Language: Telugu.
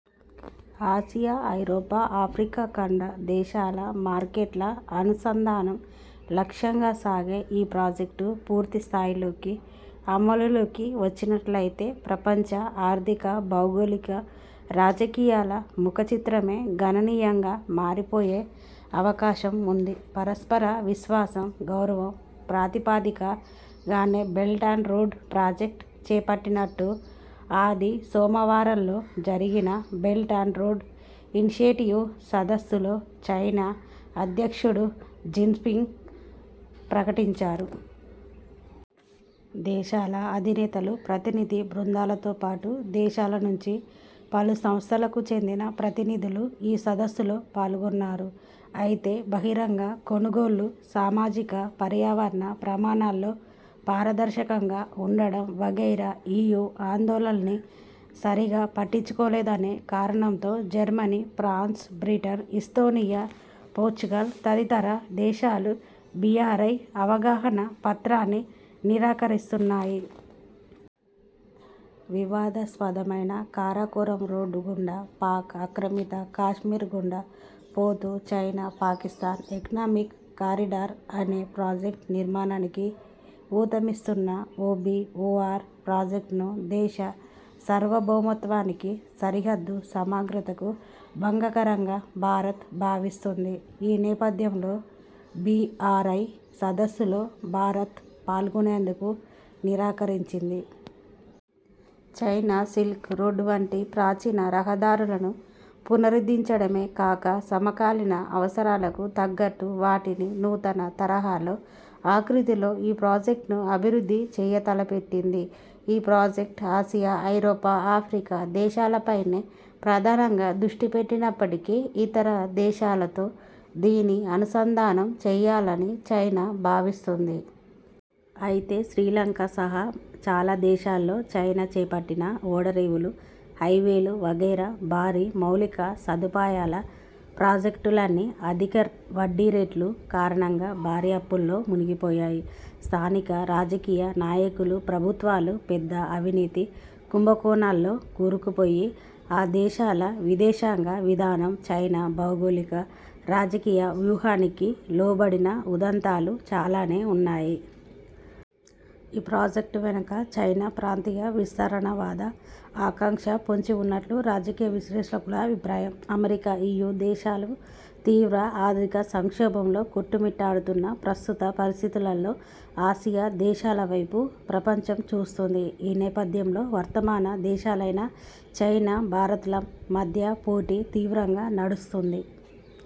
ఆసియా, ఐరోపా, ఆఫ్రికా ఖండ దేశాల మార్కె్ట్ల అనుసంధానం లక్ష్యంగా సాగే ఈ ప్రాజెక్టు పూర్తి స్థాయిలోకి అమలులోకి వచ్చినట్లయితే ప్రపంచ ఆర్థిక, భౌగోళిక రాజకీయాల ముఖచిత్రమే గణనీయంగా మారిపోయే అవకాశం ఉంది. పరస్పర విశ్వాసం, గౌరవం ప్రాతిపదిక గానే బెల్ట్ అండ్ రోడ్ ప్రాజెక్టు చేపట్టినట్టు ఆది, సోమవారాల్లో జరిగిన బెల్ట్ అండ్ రోడ్ ఇన్షియేటివ్ సదస్సులో చైనా అధ్యక్షుడు జిన్పింగ్ ప్రకటించారు. దేశాల అధినేతలు, ప్రతినిధి బృందాలతో పాటు, దేశాల నుంచి పలు సంస్థలకు చెందిన ప్రతినిధులు ఈ సదస్సులో పాల్గొన్నారు. అయితే బహిరంగ కొనుగోళ్ళు, సామాజిక, పర్యావరణ ప్రమాణాల్లో పారదర్శకంగా ఉండటం వగైరా ఈయూ ఆందోళనల్ని సరిగా పట్టించుకోలేదనే కారణంతో Germany, France, Britain, Estonia, Portugal తదితర దేశాలు బీఆర్ఐ అవగాహన పత్రాన్ని నిరాకరిస్తు న్నాయి. వివాదాస్పదమైన కారాకోరమ్ రోడ్డు గుండా, పాక్ ఆక్రమిత కశ్మీర్ గుండా పోతూ చైనా పాకిస్థాన్ ఎకానమిక్ కారిడార్ అనే ప్రాజెక్టు నిర్మాణానికి ఊతమిస్తున్న ఓబీఓఆర్ ప్రాజెక్టును దేశ సార్వభౌమత్వానికి, సరిహద్దు సమగ్రతకు భంగకరంగా భారత్ భావిస్తోంది. ఈ నేపథ్యంలో బీఆర్ఐ సదస్సులో భారత్ పాల్గొనేందుకు నిరాకరించింది. చైనా సిల్క్ రోడ్డు వంటి ప్రాచీన రహదారులను పునరుద్ధించడమే కాక, సమకాలీన అవసరాలకు తగ్గట్టు వాటిని నూతన తరహాలో, ఆకృతిలో ఈ ప్రాజెక్టును అభివృద్ధి చేయ తలపెట్టింది. ఈ ప్రాజెక్టు ఆసియా, ఐరోపా, ఆఫ్రికా దేశాలపైనే ప్రధానంగా దృష్టి పెట్టినప్పటికీ ఇతర దేశాలతో దీన్ని అనుసంధానం చేయాలని చైనా భావిస్తోంది. అయితే శ్రీలంక సహా చాలా దేశాల్లో చైనా చేపట్టిన ఓడరేవులు, హైవేలు వగైరా భారీ మౌలిక సదుపాయాల ప్రాజెక్టులన్నీ అధిక వడ్డీ రేట్లు కారణంగా భారీ అప్పుల్లో మునిగిపోయాయి. స్థానిక రాజకీయ నాయకులు, ప్రభుత్వాలు పెద్ద అవినీతి కుంభకోణాల్లో కూరుకుపోయి, ఆ దేశాల విదేశాంగ విధానం చైనా భౌగోళిక రాజకీయ వ్యూహానికి లోబడిన ఉదంతాలు చాలానే ఉన్నాయి. ఈ ప్రాజెక్టు వెనుక చైనా ప్రాంతీయ విస్తరణవాద ఆకాంక్ష పొంచి ఉన్నట్లు రాజకీయ విశ్లేషకుల అభిప్రాయం. అమెరికా, ఈయూ దేశాలు తీవ్ర ఆర్థిక సంక్షోభంలో కొట్టుమిట్టాడుతున్న ప్రస్తుత పరిస్థితులలో ఆసియా దేశాల వైపు ప్రపంచం చూస్తోంది. ఈ నేపథ్యంలో వర్ధమాన దేశాలైన చైనా, భారత్ల మధ్య పోటీ తీవ్రంగా నడుస్తోంది.